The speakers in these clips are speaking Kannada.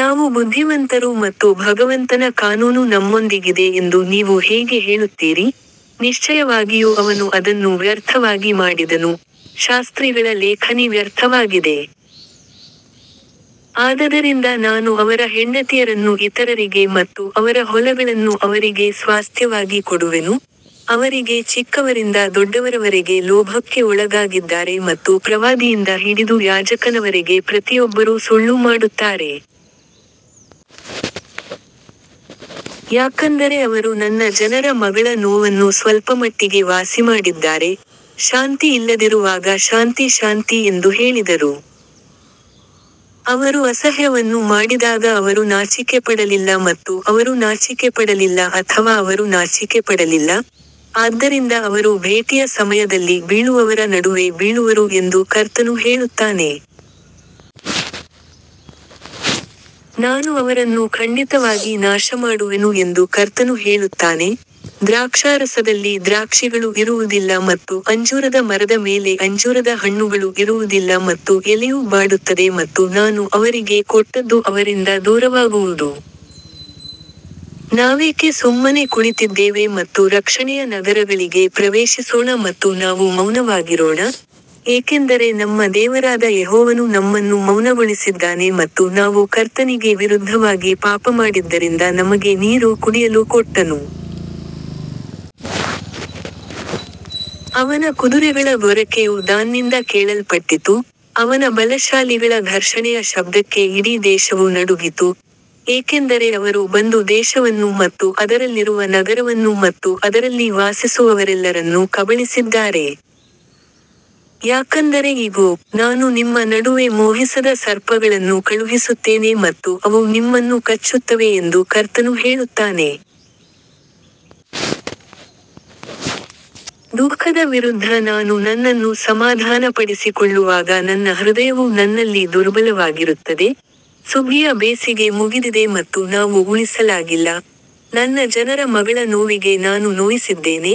ನಾವು ಬುದ್ಧಿವಂತರು ಮತ್ತು ಭಗವಂತನ ಕಾನೂನು ನಮ್ಮೊಂದಿಗಿದೆ ಎಂದು ನೀವು ಹೇಗೆ ಹೇಳುತ್ತೀರಿ, ನಿಶ್ಚಯವಾಗಿಯೂ ಅವನು ಅದನ್ನು ವ್ಯರ್ಥವಾಗಿ ಮಾಡಿದನು, ಶಾಸ್ತ್ರಿಗಳ ಲೇಖನಿ ವ್ಯರ್ಥವಾಗಿದೆ. ಆದದರಿಂದ ನಾನು ಅವರ ಹೆಂಡತಿಯರನ್ನು ಇತರರಿಗೆ ಮತ್ತು ಅವರ ಹೊಲಗಳನ್ನು ಅವರಿಗೆ ಸ್ವಾಸ್ತ್ಯವಾಗಿ ಕೊಡುವೆನು, ಅವರಿಗೆ ಚಿಕ್ಕವರಿಂದ ದೊಡ್ಡವರವರೆಗೆ ಲೋಭಕ್ಕೆ ಒಳಗಾಗಿದ್ದಾರೆ ಮತ್ತು ಪ್ರವಾದಿಯಿಂದ ಹಿಡಿದು ಯಾಜಕನವರೆಗೆ ಪ್ರತಿಯೊಬ್ಬರೂ ಸುಳ್ಳು ಮಾಡುತ್ತಾರೆ. ಯಾಕಂದರೆ ಅವರು ನನ್ನ ಜನರ ಮಗಳ ನೋವನ್ನು ಸ್ವಲ್ಪಮಟ್ಟಿಗೆ ವಾಸಿಮಾಡಿದ್ದಾರೆ, ಶಾಂತಿ ಇಲ್ಲದಿರುವಾಗ ಶಾಂತಿ ಶಾಂತಿ ಎಂದು ಹೇಳಿದರು. ಅವರು ಅಸಹ್ಯವನ್ನು ಮಾಡಿದಾಗ ಅವರು ನಾಚಿಕೆಪಡಲಿಲ್ಲ ಮತ್ತು ಅವರು ನಾಚಿಕೆಪಡಲಿಲ್ಲ ಅಥವಾ ಅವರು ನಾಚಿಕೆಪಡಲಿಲ್ಲ, ಆದ್ದರಿಂದ ಅವರು ಭೇಟಿಯ ಸಮಯದಲ್ಲಿ ಬೀಳುವವರ ನಡುವೆ ಬೀಳುವರು ಎಂದು ಕರ್ತನು ಹೇಳುತ್ತಾನೆ. ನಾನು ಅವರನ್ನು ಖಂಡಿತವಾಗಿ ನಾಶಮಾಡುವೆನು ಎಂದು ಕರ್ತನು ಹೇಳುತ್ತಾನೆ, ದ್ರಾಕ್ಷಾರಸದಲ್ಲಿ ದ್ರಾಕ್ಷಿಗಳು ಇರುವುದಿಲ್ಲ ಮತ್ತು ಅಂಜೂರದ ಮರದ ಮೇಲೆ ಅಂಜೂರದ ಹಣ್ಣುಗಳು ಇರುವುದಿಲ್ಲ ಮತ್ತು ಎಲೆಯು ಬಾಡುತ್ತದೆ ಮತ್ತು ನಾನು ಅವರಿಗೆ ಕೊಟ್ಟದ್ದು ಅವರಿಂದ ದೂರವಾಗುವುದು. ನಾವೇಕೆ ಸುಮ್ಮನೆ ಕುಳಿತಿದ್ದೇವೆ ಮತ್ತು ರಕ್ಷಣೆಯ ನಗರಗಳಿಗೆ ಪ್ರವೇಶಿಸೋಣ ಮತ್ತು ನಾವು ಮೌನವಾಗಿರೋಣ, ಏಕೆಂದರೆ ನಮ್ಮ ದೇವರಾದ ಯೆಹೋವನು ನಮ್ಮನ್ನು ಮೌನಗೊಳಿಸಿದ್ದಾನೆ ಮತ್ತು ನಾವು ಕರ್ತನಿಗೆ ವಿರುದ್ಧವಾಗಿ ಪಾಪಮಾಡಿದ್ದರಿಂದ ನಮಗೆ ನೀರು ಕುಡಿಯಲು ಕೊಟ್ಟನು. ಅವನ ಕುದುರೆಗಳ ಗೊರಕೆಯು ದಾನ್ನಿಂದ ಕೇಳಲ್ಪಟ್ಟಿತು, ಅವನ ಬಲಶಾಲಿಗಳ ಘರ್ಷಣೆಯ ಶಬ್ದಕ್ಕೆ ಇಡೀ ದೇಶವು ನಡುಗಿತು, ಏಕೆಂದರೆ ಅವರು ಬಂದು ದೇಶವನ್ನು ಮತ್ತು ಅದರಲ್ಲಿರುವ ನಗರವನ್ನು ಮತ್ತು ಅದರಲ್ಲಿ ವಾಸಿಸುವವರೆಲ್ಲರನ್ನು ಕಬಳಿಸಿದ್ದಾರೆ. ಯಾಕಂದರೆ ಇಗೋ, ನಾನು ನಿಮ್ಮ ನಡುವೆ ಮೋಹಿಸದ ಸರ್ಪಗಳನ್ನು ಕಳುಹಿಸುತ್ತೇನೆ ಮತ್ತು ಅವು ನಿಮ್ಮನ್ನು ಕಚ್ಚುತ್ತವೆ ಎಂದು ಕರ್ತನು ಹೇಳುತ್ತಾನೆ. ದುಃಖದ ವಿರುದ್ಧ ನಾನು ನನ್ನನ್ನು ಸಮಾಧಾನಪಡಿಸಿಕೊಳ್ಳುವಾಗ ನನ್ನ ಹೃದಯವು ನನ್ನಲ್ಲಿ ದುರ್ಬಲವಾಗಿರುತ್ತದೆ, ಸುಗ್ಗಿಯ ಬೇಸಿಗೆ ಮುಗಿದಿದೆ ಮತ್ತು ನಾವು ಉಳಿಸಲಾಗಿಲ್ಲ, ನನ್ನ ಜನರ ಮಗಳ ನೋವಿಗೆ ನಾನು ನೋಯಿಸಿದ್ದೇನೆ,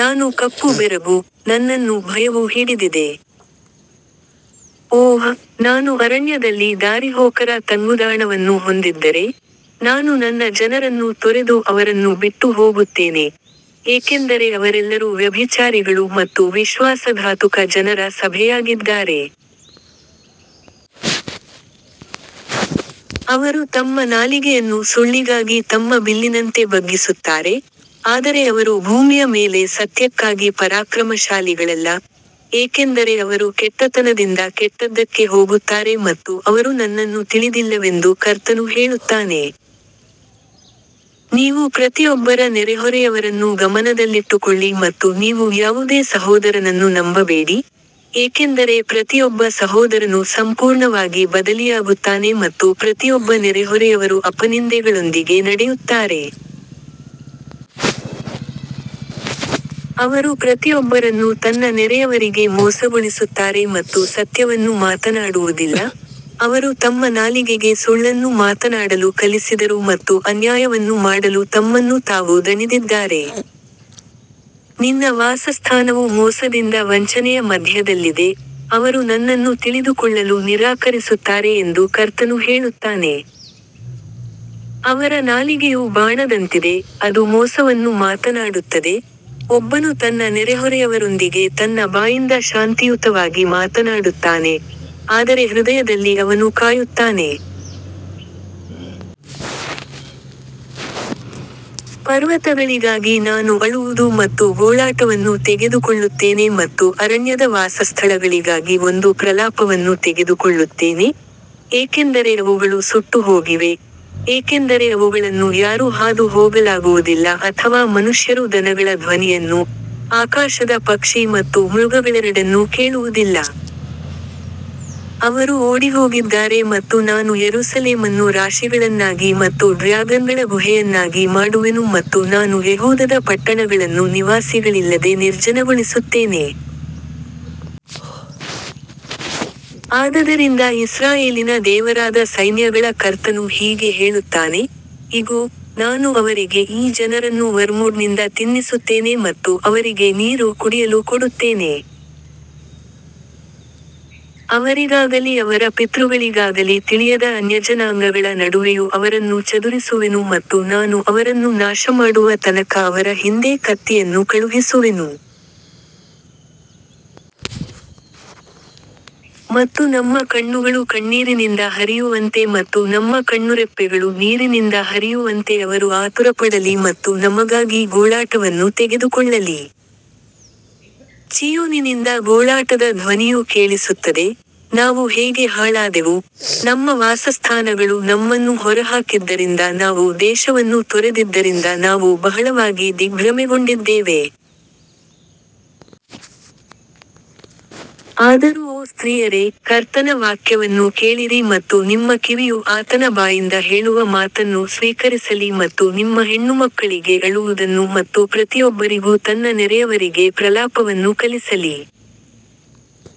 ನಾನು ಕಪ್ಪು ಬೆರಗು, ನನ್ನನ್ನು ಭಯವು ಹಿಡಿದಿದೆ. ಓಹ್, ನಾನು ಅರಣ್ಯದಲ್ಲಿ ದಾರಿಹೋಕರ ತಂಗುದಾಣವನ್ನು ಹೊಂದಿದ್ದರೆ, ನಾನು ನನ್ನ ಜನರನ್ನು ತೊರೆದು ಅವರನ್ನು ಬಿಟ್ಟು ಹೋಗುತ್ತೇನೆ, ಏಕೆಂದರೆ ಅವರೆಲ್ಲರೂ ವ್ಯಭಿಚಾರಿಗಳು ಮತ್ತು ವಿಶ್ವಾಸಘಾತುಕ ಜನರ ಸಭೆಯಾಗಿದ್ದಾರೆ. ಅವರು ತಮ್ಮ ನಾಲಿಗೆಯನ್ನು ಸುಳ್ಳಿಗಾಗಿ ತಮ್ಮ ಬಿಲ್ಲಿನಂತೆ ಬಗ್ಗಿಸುತ್ತಾರೆ, ಆದರೆ ಅವರು ಭೂಮಿಯ ಮೇಲೆ ಸತ್ಯಕ್ಕಾಗಿ ಪರಾಕ್ರಮಶಾಲಿಗಳಲ್ಲ, ಏಕೆಂದರೆ ಅವರು ಕೆಟ್ಟತನದಿಂದ ಕೆಟ್ಟದ್ದಕ್ಕೆ ಹೋಗುತ್ತಾರೆ ಮತ್ತು ಅವರು ನನ್ನನ್ನು ತಿಳಿದಿಲ್ಲವೆಂದು ಕರ್ತನು ಹೇಳುತ್ತಾನೆ. ನೀವು ಪ್ರತಿಯೊಬ್ಬರ ನೆರೆಹೊರೆಯವರನ್ನೂ ಗಮನದಲ್ಲಿಟ್ಟುಕೊಳ್ಳಿ ಮತ್ತು ನೀವು ಯಾವುದೇ ಸಹೋದರನನ್ನು ನಂಬಬೇಡಿ, ಏಕೆಂದರೆ ಪ್ರತಿಯೊಬ್ಬ ಸಹೋದರನು ಸಂಪೂರ್ಣವಾಗಿ ಬದಲಿಯಾಗುತ್ತಾನೆ ಮತ್ತು ಪ್ರತಿಯೊಬ್ಬ ನೆರೆಹೊರೆಯವರು ಅಪನಿಂದೆಗಳೊಂದಿಗೆ ನಡೆಯುತ್ತಾರೆ. ಅವರು ಪ್ರತಿಯೊಬ್ಬರನ್ನು ತನ್ನ ನೆರೆಯವರಿಗೆ ಮೋಸಗೊಳಿಸುತ್ತಾರೆ ಮತ್ತು ಸತ್ಯವನ್ನು ಮಾತನಾಡುವುದಿಲ್ಲ, ಅವರು ತಮ್ಮ ನಾಲಿಗೆಗೆ ಸುಳ್ಳನ್ನು ಮಾತನಾಡಲು ಕಲಿಸಿದರು ಮತ್ತು ಅನ್ಯಾಯವನ್ನು ಮಾಡಲು ತಮ್ಮನ್ನು ತಾವು ದಣಿದಿದ್ದಾರೆ. ನಿನ್ನ ವಾಸಸ್ಥಾನವು ಮೋಸದಿಂದ ವಂಚನೆಯ ಮಧ್ಯದಲ್ಲಿದೆ, ಅವರು ನನ್ನನ್ನು ತಿಳಿದುಕೊಳ್ಳಲು ನಿರಾಕರಿಸುತ್ತಾರೆ ಎಂದು ಕರ್ತನು ಹೇಳುತ್ತಾನೆ. ಅವರ ನಾಲಿಗೆಯು ಬಾಣದಂತಿದೆ, ಅದು ಮೋಸವನ್ನು ಮಾತನಾಡುತ್ತದೆ, ಒಬ್ಬನು ತನ್ನ ನೆರೆಹೊರೆಯವರೊಂದಿಗೆ ತನ್ನ ಬಾಯಿಂದ ಶಾಂತಿಯುತವಾಗಿ ಮಾತನಾಡುತ್ತಾನೆ, ಆದರೆ ಹೃದಯದಲ್ಲಿ ಅವನು ಕಾಯುತ್ತಾನೆ. ಪರ್ವತಗಳಿಗಾಗಿ ನಾನು ಅಳುವುದು ಮತ್ತು ಗೋಳಾಟವನ್ನು ತೆಗೆದುಕೊಳ್ಳುತ್ತೇನೆ ಮತ್ತು ಅರಣ್ಯದ ವಾಸಸ್ಥಳಗಳಿಗಾಗಿ ಒಂದು ಪ್ರಲಾಪವನ್ನು ತೆಗೆದುಕೊಳ್ಳುತ್ತೇನೆ, ಏಕೆಂದರೆ ಅವುಗಳು ಸುಟ್ಟುಹೋಗಿವೆ, ಏಕೆಂದರೆ ಅವುಗಳನ್ನು ಯಾರೂ ಹಾದು ಹೋಗಲಾಗುವುದಿಲ್ಲ ಅಥವಾ ಮನುಷ್ಯರು ದನಗಳ ಧ್ವನಿಯನ್ನು, ಆಕಾಶದ ಪಕ್ಷಿ ಮತ್ತು ಮೃಗಗಳೆರಡನ್ನೂ ಕೇಳುವುದಿಲ್ಲ. ಅವರು ಓಡಿಹೋಗಿದ್ದಾರೆ ಮತ್ತು ನಾನು ಯೆರೂಸಲೇಮನ್ನು ರಾಶಿಗಳನ್ನಾಗಿ ಮತ್ತು ಡ್ರ್ಯಾಗನ್ಗಳ ಗುಹೆಯನ್ನಾಗಿ ಮಾಡುವೆನು ಮತ್ತು ನಾನು ಯೆಹೂದದ ಪಟ್ಟಣಗಳನ್ನು ನಿವಾಸಿಗಳಿಲ್ಲದೆ ನಿರ್ಜನಗೊಳಿಸುತ್ತೇನೆ. ಆದದರಿಂದ ಇಸ್ರಾಯೇಲಿನ ದೇವರಾದ ಸೈನ್ಯಗಳ ಕರ್ತನು ಹೀಗೆ ಹೇಳುತ್ತಾನೆ, ಇಗೋ, ನಾನು ಅವರಿಗೆ ಈ ಜನರನ್ನೂ ವರ್ಮ್ವುಡ್ನಿಂದ ತಿನ್ನಿಸುತ್ತೇನೆ ಮತ್ತು ಅವರಿಗೆ ನೀರು ಕುಡಿಯಲು ಕೊಡುತ್ತೇನೆ. ಅವರಿಗಾಗಲಿ ಅವರ ಪಿತೃಗಳಿಗಾಗಲಿ ತಿಳಿಯದ ಅನ್ಯಜನಾಂಗಗಳ ನಡುವೆಯೂ ಅವರನ್ನು ಚದುರಿಸುವೆನು ಮತ್ತು ನಾನು ಅವರನ್ನು ನಾಶಮಾಡುವ ತನಕ ಅವರ ಹಿಂದೆ ಕತ್ತಿಯನ್ನು ಕಳುಹಿಸುವೆನು. ಮತ್ತು ನಮ್ಮ ಕಣ್ಣುಗಳು ಕಣ್ಣೀರಿನಿಂದ ಹರಿಯುವಂತೆ ಮತ್ತು ನಮ್ಮ ಕಣ್ಣುರೆಪ್ಪೆಗಳು ನೀರಿನಿಂದ ಹರಿಯುವಂತೆ ಅವರು ಆತುರಪಡಲಿ ಮತ್ತು ನಮಗಾಗಿ ಗೋಳಾಟವನ್ನು ತೆಗೆದುಕೊಳ್ಳಲಿ. ಚೀಯೋನಿನಿಂದ ಗೋಳಾಟದ ಧ್ವನಿಯು ಕೇಳಿಸುತ್ತದೆ, ನಾವು ಹೇಗೆ ಹಾಳಾದೆವು, ನಮ್ಮ ವಾಸಸ್ಥಾನಗಳು ನಮ್ಮನ್ನು ಹೊರಹಾಕಿದ್ದರಿಂದ ನಾವು ದೇಶವನ್ನು ತೊರೆದಿದ್ದರಿಂದ ನಾವು ಬಹಳವಾಗಿ ದಿಗ್ಭ್ರಮೆಗೊಂಡಿದ್ದೇವೆ. ಆದರೂ ಓ ಸ್ತ್ರೀಯರೇ, ಕರ್ತನ ವಾಕ್ಯವನ್ನು ಕೇಳಿರಿ ಮತ್ತು ನಿಮ್ಮ ಕಿವಿಯು ಆತನ ಬಾಯಿಂದ ಹೇಳುವ ಮಾತನ್ನು ಸ್ವೀಕರಿಸಲಿ ಮತ್ತು ನಿಮ್ಮ ಹೆಣ್ಣುಮಕ್ಕಳಿಗೆ ಅಳುವುದನ್ನು ಮತ್ತು ಪ್ರತಿಯೊಬ್ಬರಿಗೂ ತನ್ನ ನೆರೆಯವರಿಗೆ ಪ್ರಲಾಪವನ್ನು ಕಲಿಸಲಿ.